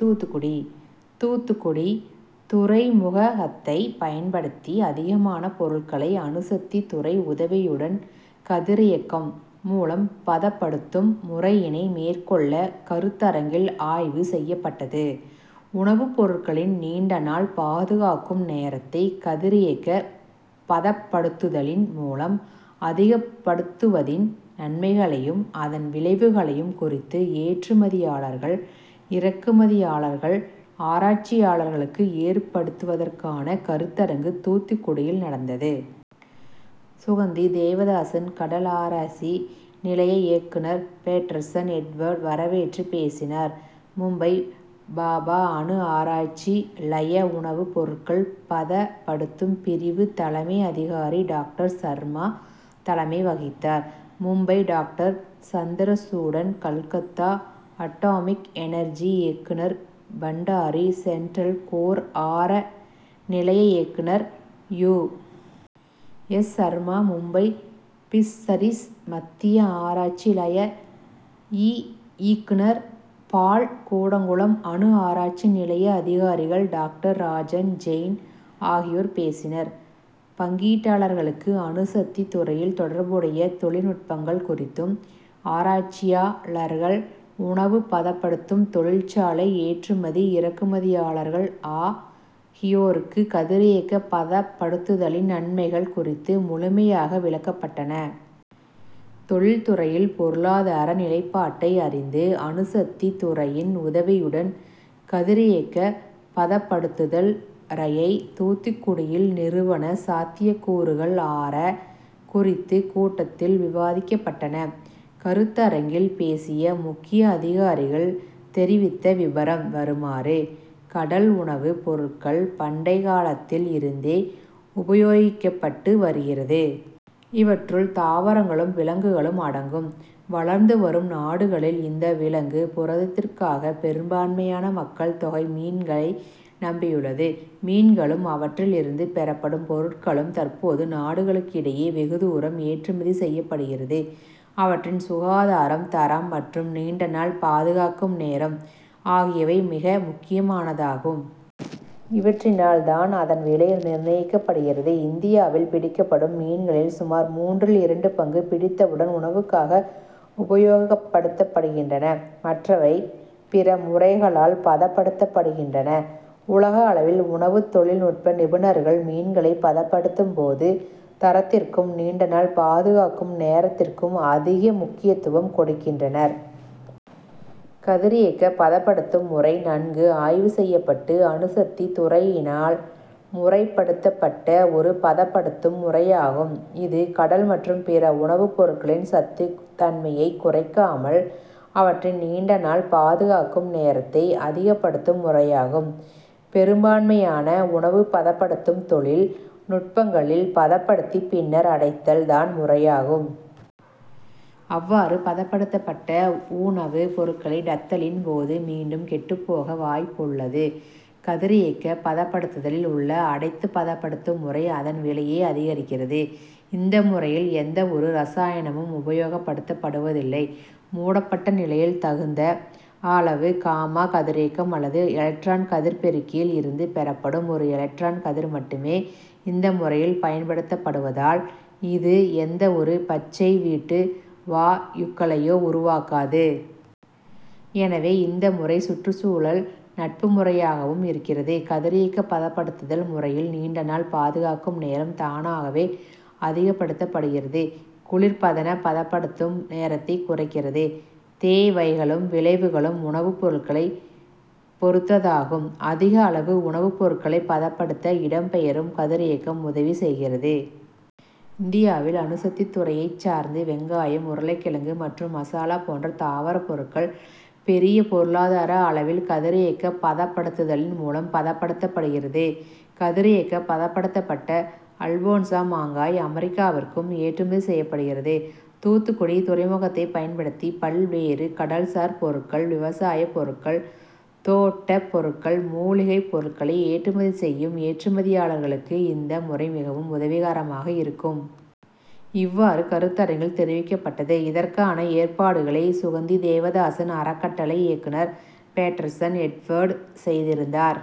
தூத்துக்குடி தூத்துக்குடி துறைமுககத்தை பயன்படுத்தி அதிகமான பொருட்களை அணுசக்தி துறை உதவியுடன் கதிரியக்கம் மூலம் பதப்படுத்தும் முறையினை மேற்கொள்ள கருத்தரங்கில் ஆய்வு செய்யப்பட்டது. உணவுப் பொருட்களின் நீண்டநாள் பாதுகாக்கும் நேரத்தை கதிரியக்கப் பதப்படுத்துதலின் மூலம் அதிகப்படுத்துவதின் நன்மைகளையும், அதன் விளைவுகளையும் குறித்து ஏற்றுமதியாளர்கள், இறக்குமதியாளர்கள், ஆராய்ச்சியாளர்களுக்கு ஏற்படுத்துவதற்கான கருத்தரங்கு தூத்துக்குடியில் நடந்தது. சுகந்தி தேவதாசன் கடல் ஆராய்சி நிலைய இயக்குநர் பேட்டர்சன் எட்வர்டு வரவேற்றுப் பேசினார். மும்பை பாபா அணு ஆராய்ச்சி லய உணவு பொருட்கள் பத ப்படுத்தும் பிரிவு தலைமை அதிகாரி டாக்டர் சர்மா தலைமை வகித்தார். Mumbai doctor Chandrachudan, Calcutta atomic energy இயக்குநர் பண்டாரி, சென்ட்ரல் கோர் ஆர நிலைய இயக்குநர் U. S. Sharma, Mumbai fisheries மத்திய ஆராய்சி லய இ ஈக்குநர் பால், கூடங்குளம் அணு ஆராய்ச்சி நிலைய அதிகாரிகள் டாக்டர் ராஜன், ஜெயின் ஆகியோர் பேசினர். பங்கீட்டாளர்களுக்கு அணுசக்தி துறையில் தொடர்புடையை தொழில் நுட்பங்கள் குறித்தும், ஆராய்ச்சியா ளர்கள், உணவுபதப்படுத்தும் தொழிற்சாலை ஏற்றுமதி, இறக்குதியாளர்கள் ஆ கியோருக்கு கதிரியக்க பதப்படுத்துதலின் நன்மைகள் குறித்து முழுமையாக விளக்கப்பட்டன. தொழில் துறையில் பொருளாதார நிலைப்பாட்டை அறிந்து, அணுசக்தி துறையின் உதவியுடன் கதிரியக்க பதப்படுத்துதல் றயை தூத்துக்குடியில் நிறுவன சாத்தியக் கூறுகள் ஆர குறித்து கூட்டத்தில் விவாதிக்கப்பட்டன. கருத்தரங்கில் பேசிய முக்கிய அதிகாரிகள் தெரிவித்த விபரம் வருமாறு; கடல் உணவு பொருட்கள் பண்டை காலத்தில் இருந்தே உபயோகிக்கப்பட்டு வருகிறது. இவற்றுள் தாவரங்களும், விலங்குகளும் அடங்கும். வளர்ந்துவரும் நாடுகளில் இந்த விலங்கு புரதத்திற்காக பெரும்பான்மையான மக்கள் தொகை மீன்களை நம்பியுள்ளது. மீன்களும் அவற்றில் இருந்து பெறப்படும் பொருட்களும் தற்போது நாடுகளுக்கு இடையே வெகுதூரம் ஏற்றுமதி செய்யப்படுகிறது. அவற்றின் சுகாதாரம், தரம் மற்றும் நீண்டநாள் பாதுகாக்கும் நேரம் ஆகியவை மிக முக்கியமானதாகும். இவற்றினால் தான் அதன் விலை நிர்ணயிக்கப்படுகிறது. இந்தியாவில் பிடிக்கப்படும் மீன்களில் சுமார் மூன்றில் இரண்டு பங்கு பிடித்தவுடன் உணவுக்காக உபயோகப்படுத்தப்படுகின்றன. மற்றவை பிற முறைகளால் பதப்படுத்தப்படுகின்றன. உலக அளவில் உணவு தொழில் நுட்ப நிபுணர்கள் மீன்களை பதப்படுத்தும் போது தரத்திற்கும் நீண்டநாள் பாதுகாக்கும் நேரத்திற்கும் அதிக முக்கியத்துவம் கொடுக்கின்றனர். கதிரியக்க பதப்படுத்தும் முறை நன்கு ஆய்வு செய்யப்பட்டு அணுசக்தி துறையினால் முறைப்படுத்தப்பட்ட ஒரு பதப்படுத்தும் முறையாகும். இது கடல் மற்றும் பிற உணவு பொருட்களின் சத்து தன்மையைக் குறைக்காமல் அவற்றின் நீண்டநாள் பாதுகாக்கும் நேரத்தை அதிகப்படுத்தும் முறையாகும். பெரும்பான்மையான உணவு பதப்படுத்தும் தொ ழில் நுட்பங்களில் பதப்படுத்தி பின்னர் அடைத்தல் தான் முறையாகும். அவ்வாறு பதப்படுத்தப்பட்ட உ ணவு பொருட்களை டத்தலின் போது மீண்டும் கெட்டுப்போக வாய்ப்புள்ளது. கதிரியக்க பதப்படுத்தலில் உள்ள அடைத்து பதப்படுத்தும் முறை அதன் விலையை அதிகரிக்கிறது. இந்த முறையில் எந்த ஒரு ரசாயனமும் உபயோகப்படுத்தப்படுவதில்லை. மூடப்பட்ட நிலையில் தகுந்த அள வு காமா கதிரியக்கம் அல்லது எலக்ட்ரான் கதிர் பெருக்கியில் இருந்து பெறப்படும் ஒரு எலக்ட்ரான் கதிர் மட்டுமே இந்த முறையில் பயன்படுத்தப்படுவதால், இது எந்த ஒரு பச்சை வீட்டு வா யுக்களையோ உருவாக்காது. எனவே இந்த முறை சுற்றுச்சூழல் நட்பு முறையாகவும் இருக்கிறது. கதிரியக்க பதப்படுத்துதல் முறையில் நீண்டநாள் பாதுகாக்கும் நேரம் தானாகவே அதிகப்படுத்தப்படுகிறது. குளிர்பதன பதப்படுத்தும் நேரத்தை குறைக்கிறது. தேவைகளும், விளைவுகளும் உணவு பொருட்களை பொருத்ததாகும். அதிக அளவு உணவு பொருட்களை பதப்படுத்த இடம் பெயரும் கதிரியக்கம் உதவி செய்கிறது. இந்தியாவில் அணுசக்தி துறையை சார்ந்து வெங்காயம், உருளைக்கிழங்கு மற்றும் மசாலா போன்ற தாவர பொருட்கள் பெரிய பொ ருளாதார அளவில் கதிரியக்க பதப்படுத்துதலின் மூலம் பதப்படுத்தப்படுகிறது. கதிரியக்கப் பதப்படுத்தப்பட்ட அல்போன்சா மாங்காய் அமெரிக்காவிற்கும் ஏற்றுமதி செய்யப்படுகிறது. தூத்துக்குடி துறைமுகத்தை பயன்படுத்தி பல்வே று கடல்சார் பொருட்கள், விவசாய பொருட்கள், தோட்டப் பொருட்கள், மூலிகைப் பொருட்களை ஏற்றுமதி செய்யும் ஏற்றுமதியாளர்களுக்கு இந்த முறை மிகவும் உதவிகரமாக இருக்கும். இவ்வாறு கருத்தரங்கில் தெரிவிக்கப்பட்டது. இதற்கான ஏற்பாடுகளை சுகந்தி தேவதாசன் அறக்கட்டளை இயக்குநர் பேட்டர்சன் எட்வர்டு செய்திருந்தார்.